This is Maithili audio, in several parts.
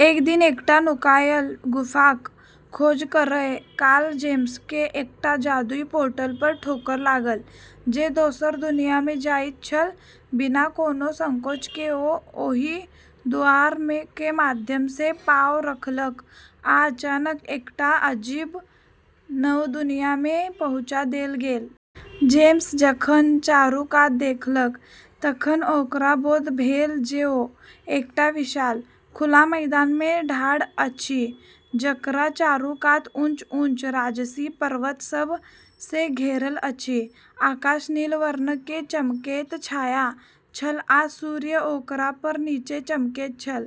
एक दिन एकटा नुकायल गुफाक खोज करय काल जेम्सकेँ एकटा जादुई पोर्टल पर ठोकर लागल, जे दोसर दुनिया में जाइत छल। बिना कोनो संकोच के ओ ओहि दुआर के माध्यम सँ पाँव रखलक आ अचानक एकटा अजीब नव दुनिया में पहुँचा देल गेल। जेम्स जखन चारू कात देखलक, तखन ओकरा बोध भेल जे ओ एकटा विशाल, खुला मैदान में ठाढ़ अछि, जकरा चारू कात ऊँच-ऊँच, राजसी पर्वत सभ सँ घेरल अछि। आकाश नील वर्ण के चमकैत छाया छल आ सूर्य ओकरा पर नीचे चमकैत छल।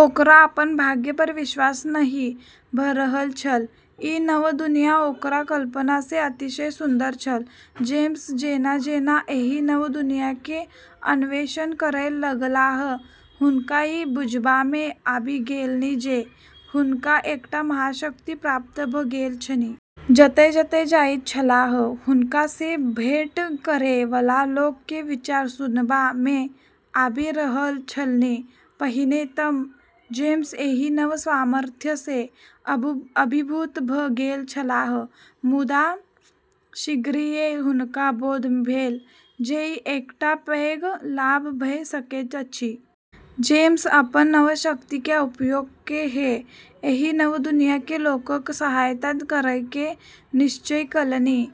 ओकरा अपन भाग्य पर विश्वास नहि भऽ रहल छल, ई नव दुनिया ओकरा कल्पना सँ अतिशय सुन्दर छल। जेम्स जेना-जेना एहि नव दुनिया के अन्वेषण करय लगलाह, हुनका ई बुझबामे आबि गेलनि जे हुनका एकटा महाशक्ति प्राप्त भऽ गेल छनि। जतय-जतय जाइत छलाह, हुनका सँ भेंट करै वला लोक के विचार सुनबा मे आबि रहल छलनि। पहिने तँ जेम्स एहि नव सामर्थ्य सँ अभिभूत भऽ गेल छलाह, मुदा शीघ्रिये हुनका बोध भेल जे ई एकटा पैघ लाभ भऽ सकैत अछि। जेम्स अपन नव शक्ति के उपयोग कऽ के एहि नव दुनियाके लोकक सहायता करयके निश्चय केलनि।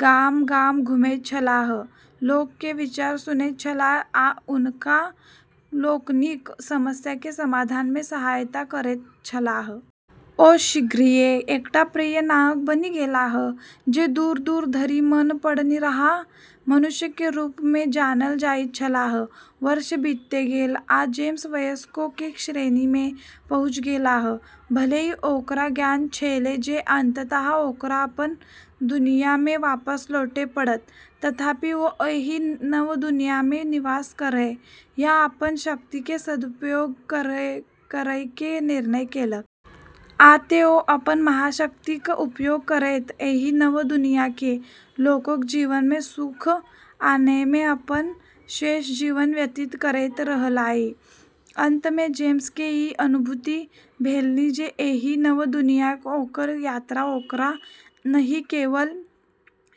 गाम-गाम घुमैत छलाह, लोक के विचार सुनैत छलाह आ हुनका लोकनिक समस्या के समाधान में सहायता करैत छलाह। ओ शीघ्रिये एकटा प्रिय नायक बनि गेलाह, जे दूर-दूर धरि मन पड़निहार मनुष्य के रूप में जानल जाइत छलाह। वर्ष बीतैत गेल, आ जेम्स वयस्कों के श्रेणी में पहुँच गेलाह। भले ही ओकरा ज्ञात छेलै जे अंततः ओकरा अपन दुनिया में वापस लौटै पड़त, तथापि ओ एहि नव दुनिया मे निवास करय आ अपन शक्ति के सदुपयोग करयके निर्णय केलक। आ तें, ओ अपन महाशक्तिक उपयोग करैत एहि नव दुनियाके लोकक जीवन मे सुख आनय मे अपन शेष जीवन व्यतीत करैत रहलाह। अंत मे जेम्स के ई अनुभूति भेलनि जे एहि नव दुनियाक ओकर यात्रा ओकरा नहि केवल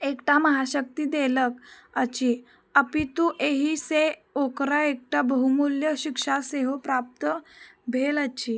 एकटा महाशक्ति देलक अछि, अपितु एहि सँ ओकरा एकटा बहुमूल्य शिक्षा सेहो प्राप्त भेल अछि।